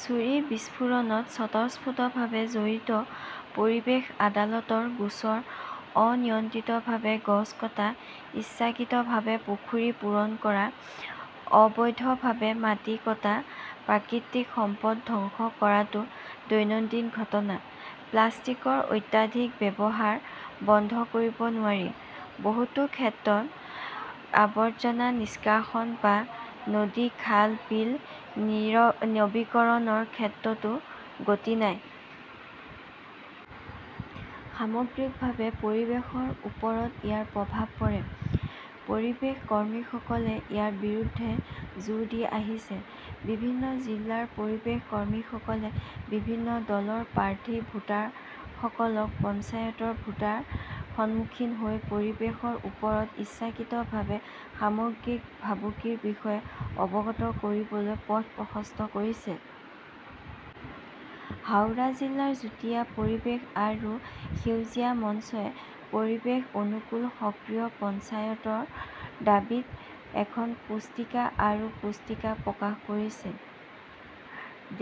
ছুৰী বিস্ফোৰণত স্বতঃস্ফূৰ্তভাৱে জড়িত পৰিৱেশ আদালতৰ গোচৰ অনিয়ন্ত্ৰিতভাৱে গছ কটা, ইচ্ছাকৃতভাৱে পুখুৰী পূৰণ কৰা, অবৈধভাৱে মাটি কটা-প্ৰাকৃতিক সম্পদ ধ্বংস কৰাটো দৈনন্দিন ঘটনা। প্লাষ্টিকৰ অত্যাধিক ব্যৱহাৰ বন্ধ কৰিব নোৱাৰি। বহুতো ক্ষেত্ৰত আৱৰ্জনা নিষ্কাশন বা নদী-খাল-বিল নৱীকৰণৰ ক্ষেত্ৰতো গতি নাই। সামগ্ৰিকভাৱে পৰিৱেশৰ ওপৰত ইয়াৰ প্ৰভাৱ পৰে। পৰিৱেশ কৰ্মীসকলে ইয়াৰ বিৰুদ্ধে জোৰ দি আহিছে। বিভিন্ন জিলাৰ পৰিৱেশ কৰ্মীসকলে বিভিন্ন দলৰ প্ৰাৰ্থী, ভোটাৰসকলক পঞ্চায়ত ভোটৰ সন্মুখীন হৈ পৰিৱেশৰ ওপৰত ইচ্ছাকৃতভাৱে সামগ্ৰিক ভাবুকিৰ বিষয়ে অৱগত কৰিবলৈ পথ প্ৰশস্ত কৰিছে। হাওৰা জিলা যুটীয়া পৰিৱেশ আৰু সেউজ মঞ্চই 'পৰিৱেশ অনুকূল সক্ৰিয় পঞ্চায়ত "ৰ দাবীত এখন পুস্তিকা আৰু পুস্তিকা প্ৰকাশ কৰিছে।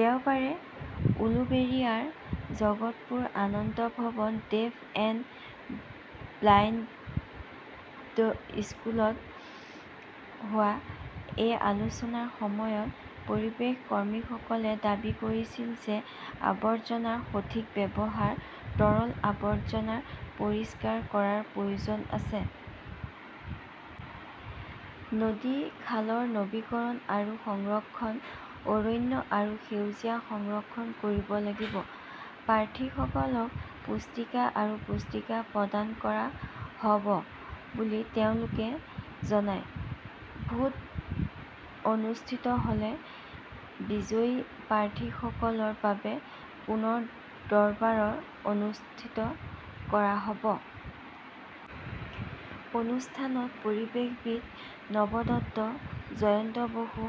দেওবাৰে উলুবেৰিয়াৰ Jagatpur Ananda Bhavan deaf and blind স্কুলত হোৱা এই আলোচনাৰ সময়ত পৰিৱেশ কৰ্মীসকলে দাবী কৰিছিল যে আৱৰ্জনাৰ সঠিক ব্যৱহাৰ, তৰল আৱৰ্জনা পৰিষ্কাৰ কৰাৰ প্ৰয়োজন আছে। নদী-খালৰ নৱীকৰণ আৰু সংৰক্ষণ, অৰণ্য আৰু সেউজীয়া সংৰক্ষণ কৰিব লাগিব। প্ৰাৰ্থীসকলক পুস্তিকা আৰু পুস্তিকা প্ৰদান কৰা হ "ব বুলি তেওঁলোকে জনায়। ভোট অনুষ্ঠিত হ "লে বিজয়ী প্ৰাৰ্থীসকলৰ বাবে পুনৰ দৰবাৰ অনুষ্ঠিত কৰা হ" ব। অনুষ্ঠানত পৰিৱেশবিদ নৱদত্ত, জয়ন্ত বসু,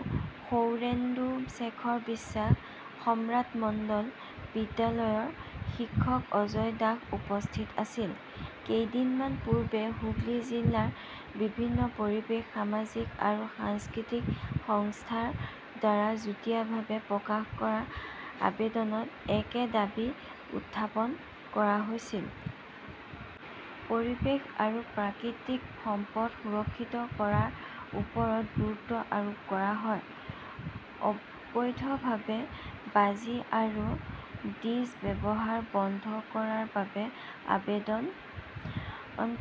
সৌৰেন্দুশেখৰ বিশ্বাস, সম্ৰাট মণ্ডল, বিদ্যালয়ৰ শিক্ষক অজয় দাস উপস্থিত আছিল। কেইদিনমান পূৰ্বে হুগলী জিলাৰ বিভিন্ন পৰিৱেশ, সামাজিক আৰু সাংস্কৃতিক সংস্থাৰ দ্বাৰা যুটীয়াভাৱে প্ৰকাশ কৰা আবেদনত একে দাবী উত্থাপন কৰা হৈছিল। পৰিৱেশ আৰু প্ৰাকৃতিক সম্পদ সুৰক্ষিত কৰাৰ ওপৰত গুৰুত্ব আৰোপ কৰা, অবৈধভাৱে বাজি আৰু ডিজ ব্যৱহাৰ বন্ধ কৰাৰ বাবে আবেদন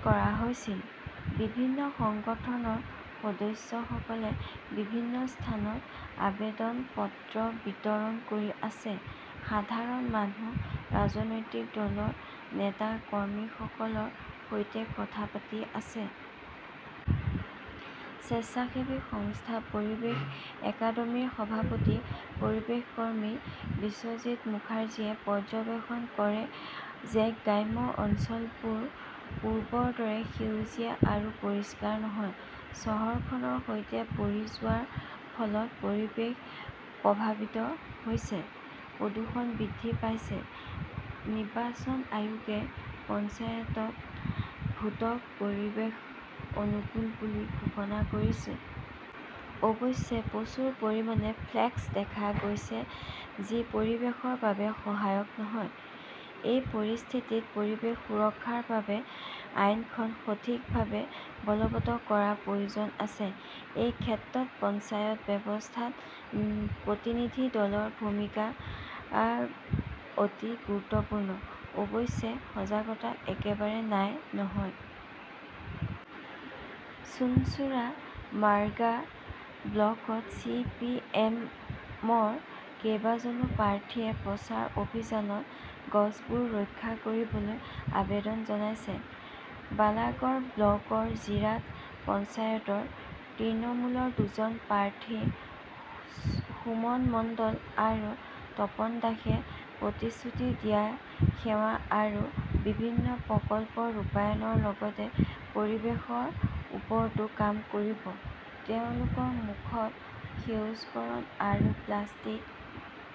কৰা হৈছিল। বিভিন্ন সংগঠনৰ সদস্যসকলে বিভিন্ন স্থানত আবেদন পত্ৰ বিতৰণ কৰি আছে। সাধাৰণ মানুহ, ৰাজনৈতিক দলৰ নেতা-কৰ্মী, প্ৰাৰ্থীসকলৰ সৈতে কথা পাতি আছে। স্বেচ্ছাসেৱী সংস্থা পৰিৱেশ একাডেমীৰ সভাপতি, পৰিৱেশ কৰ্মী বিশ্বজিত মুখাৰ্জীয়ে পৰ্যবেক্ষণ কৰে যে গ্ৰাম্য অঞ্চলবোৰ পূৰ্বৰ দৰে সেউজীয়া আৰু পৰিষ্কাৰ নহয়। চহৰখনৰ সৈতে পৰি যোৱাৰ ফলত পৰিৱেশ 'প্ৰভাৱিত "হৈছে। প্ৰদূষণ বৃদ্ধি পাইছে। নিৰ্বাচন আয়োগে পঞ্চায়ত ভোটক 'পৰিৱেশ অনুকূল "বুলি ঘোষণা কৰিছে। অৱশ্যে, প্ৰচুৰ পৰিমাণে ফ্লেক্স দেখা গৈছে, যি পৰিৱেশৰ বাবে সহায়ক নহয়। এই পৰিস্থিতিত, পৰিৱেশ সুৰক্ষাৰ বাবে আইনখন সঠিকভাৱে বলৱৎ কৰাৰ প্ৰয়োজন আছে। এই ক্ষেত্ৰত পঞ্চায়ত ব্যৱস্থাত প্ৰতিনিধি দলৰ ভূমিকা অতি গুৰুত্বপূৰ্ণ। অৱশ্যে, সজাগতা একেবাৰে নাই, নহয়। চুঞ্চুৰা-মাগ্ৰা ব্লকত চি. পি. এম. -ৰ কেইবাজনো প্ৰাৰ্থীয়ে প্ৰচাৰ অভিযানত গছবোৰ ৰক্ষা কৰিবলৈ আবেদন জনাইছে। বালাগড় ব্লকৰ জিৰাট পঞ্চায়তৰ তৃণমূলৰ দুজন প্ৰাৰ্থী সুমন মণ্ডল আৰু তপন দাসে প্ৰতিশ্ৰুতি দিয়া সেৱা আৰু বিভিন্ন প্ৰকল্প ৰূপায়ণৰ লগতে পৰিৱেশৰ ওপৰতো কাম কৰিব। তেওঁলোকৰ মুখত সেউজকৰণ আৰু প্লাষ্টিক